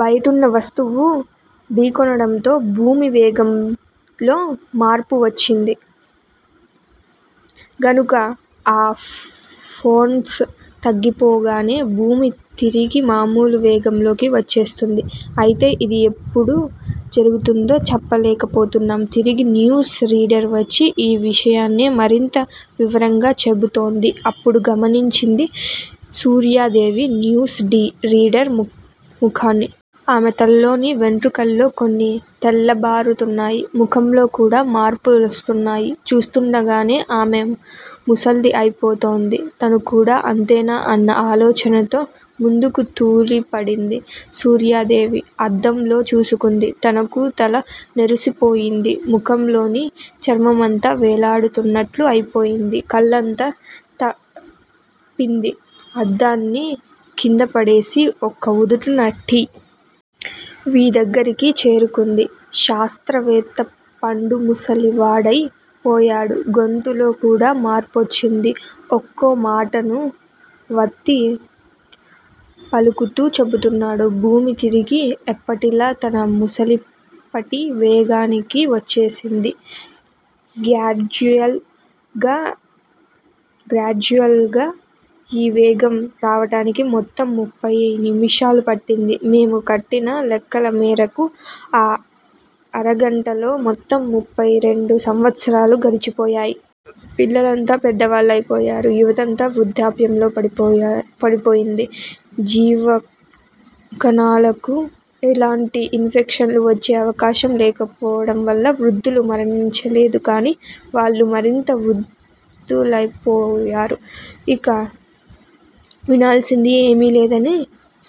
బయటున్న వస్తువు ఢీకొనడంతో భూమి వేగంలో మార్పొచ్చింది. గనుక ఆ ఫోర్స్ తగ్గిపోగానే భూమి తిరిగి మామూలు వేగంలోకి వచ్చేస్తుంది. అయితే ఇది ఎప్పుడు జరుగుతుందో చెప్పలేకపోతున్నాం. తిరిగి న్యూస్ రీడర్ వచ్చి ఈ విషయాన్నే మరింత వివరంగా చెబుతోంది. అప్పుడు గమనించింది సూర్యాదేవి న్యూస్ రీడర్ ముఖాన్ని. ఆమె తలలోని వెంట్రుకల్లో కొన్ని తెల్లబారుతున్నాయి. ముఖంలో కూడా మార్పులొస్తున్నాయి. చూస్తుండగానే ఆమె ముసల్ది అయిపోతోంది. తను కూడా అంతేనా అన్న ఆలోచనతో ముందుకు తూలిపడింది సూర్యాదేవి. అద్దంలో చూసుకుంది. తనకూ తల నెరసిపోయింది. ముఖంలోని చర్మమంతా వేలాడుతున్నట్లు అయిపోయింది కల్లంతా తప్పింది. అద్దాన్ని కిందపడేసి ఒక్క ఉదుటున టీ. వీ. దగ్గరికి చేరుకుంది. శాస్త్రవేత్త పండు ముసలివాడై పోయాడు. గొంతులో కూడా మార్పొచ్చింది. ఒక్కో మాటను వత్తి పలుకుతూ చెబుతున్నాడు. భూమి తిరిగి ఎప్పటిలా తన మునుపటి వేగానికి వచ్చేసింది. గ్రాడ్యుయల్ గా ఈ వేగం రావడానికి మొత్తం ముఫ్ఫై నిముషాలు పట్టింది. మేము కట్టిన లెక్కల మేరకు ఆ అరగంటలో మొత్తం ముఫ్ఫై రెండు సంవత్సరాలు గడిచిపోయాయి. పిల్లలంతా పెద్దవాళ్ళు అయిపోయారు. యువతంతా వృద్దాప్యంలో పడిపోయింది. జీవకణాలకు ఎలాంటి ఇన్ఫెక్షన్లు వచ్చే అవకాశం లేకపోవడం వల్ల వృద్దులు మరణించలేదు గానీ వాళ్ళు మరింత వృద్దులైపోయారు. ఇక వినాల్సింది ఏమీలేదని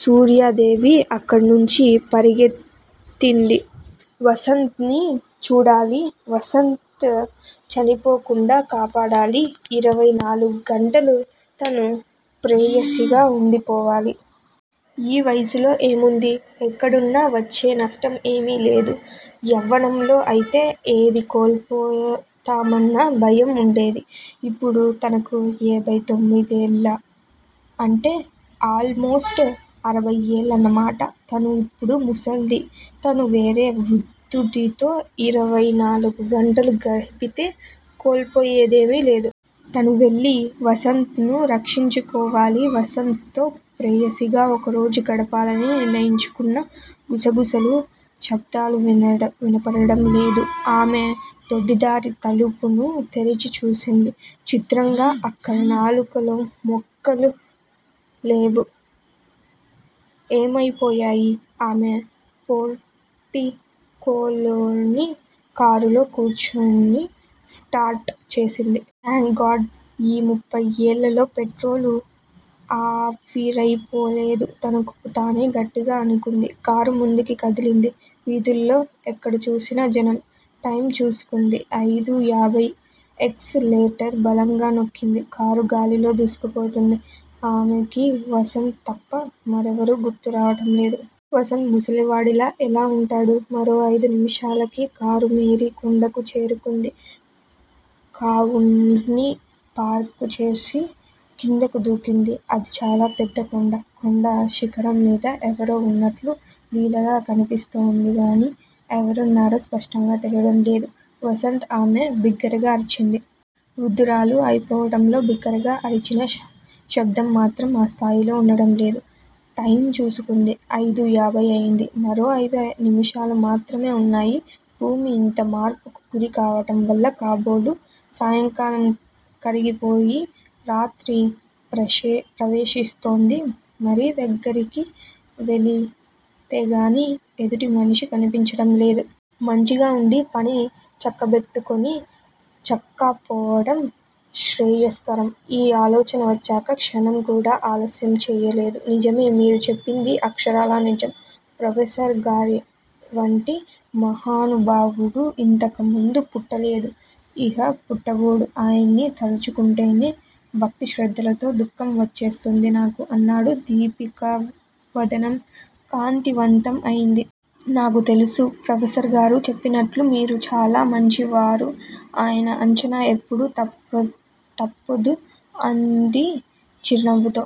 సూర్యాదేవి అక్కడినుంచి పరుగెత్తింది. వసంత్ ని చూడాలి. వసంత్ చనిపోకుండా కాపాడాలి. ఇరవై నాలుగు గంటలు తను ప్రేయసిగా వుండిపోవాలి. ఈ వయసులో ఏముంది? ఎక్కడున్నా వచ్చే నష్టం ఏమీలేదు. యవ్వనంలో అయితే ఏది కోల్పోతామన్న భయం వుండేది. ఇప్పుడు తనకు ఏభై తొమ్మిదేళ్ళు అంటే ఆల్ మోస్ట్ అరవై ఏళ్ళన్న మాట తను ఇప్పుడు ముసల్ది తను వేరే వృద్దుడితో ఇరవై నాలుగు గంటలు గడిపితే కోల్పోయేది ఏమీలేదు. తను వెళ్ళి వసంత్ ను రక్షించుకోవాలి. వసంత్ తో ప్రేయసిగా ఒకరోజు గడపాలని నిర్ణయించుకున్నా గుసగుసలు, శబ్దాలు వినపడడం లేదు. ఆమె దొడ్డి దారి తలుపును తెరిచి చూసింది. చిత్రంగా అక్కడ నాలుకల మొక్కలు లేవు. ఏమైపోయాయి? ఆమె పోర్టికోలోని కారులో కూర్చుని స్టార్ట్ చేసింది. థాంక్ గాడ్ ఈ ముఫ్ఫై ఏళ్ళలో పెట్రోలు ఆవిరైపోలేదు తనకు తానే గట్టిగా అనుకుంది. కారు ముందుకి కదిలింది. వీధుల్లో ఎక్కడ చూసినా జనం. టైమ్ చూసుకుంది. అయిదూ యాభై. ఎక్స్ లేటర్ బలంగా నొక్కింది. కారు గాలిలో దూసుకుపోతోంది. ఆమెకి వసంత్ తప్ప మరెవరూ గుర్తు రావడం లేదు. వసంత్ ముసలివాడిలా ఎలా వుంటాడు? మరో అయిదు నిముషాలకి కారు మేరీ కొండకు చేరుకుంది కాఉర్ని పార్క్ చేసి కిందకు దూకింది. అది చాలా పెద్ద కొండ. కొండ శిఖరం మీద ఎవరో వున్నట్లు లీలగా కనిపిస్తోందిగానీ ఎవరున్నారో స్పష్టంగా తెలియడం లేదు. వసంత్ ఆమె బిగ్గరగా అరిచింది. వృద్దురాలు అయిపోవడంలో బిగ్గరగా అరిచినా శబ్దం మాత్రం ఆ స్థాయిలో వుండడం లేదు. టైమ్ చూసుకుంది. అయిదూ ఏభై అయిదు. మరో అయింది నిముషాలు మాత్రమే వున్నాయి. భూమి ఇంత మార్పుకు గురి కావడం వల్ల కాబోలు సాయంకాలం కరిగిపోయి. రాత్రి ప్రవేశిస్తోంది. మరీ దగ్గరికి వెళితేగానీ ఎదుటిమనిషి కనిపించడంలేదు. మంచిగా వుండి పని చక్కబెట్టుకొని చక్కాపోవడం శ్రేయస్కరం! ఈ ఆలోచన వచ్చాక క్షణంకూడా ఆలస్యం చేయలేదు నిజమే మీరు చెప్పింది అక్షరాలా నిజం! ప్రొఫెసర్ గారివంటి మహానుభావుడు ఇంతకముందు పుట్టలేదు ఇహ పుట్టబోడు ఆయన్ని తలచుకుంటేనే భక్తిశ్రద్ధలతో దుఃఖం వచ్చేస్తుంది నాకు! అన్నాడు. దీపిక వదనం కాంతి వంతం అయింది. 'నాకు తెలుసు ప్రొఫెసర్ గారు చెప్పినట్లు మీరు చాలా మంచివారు ఆయన అంచనా ఎప్పుడూ తప్పదు అంది చిరునవ్వుతో.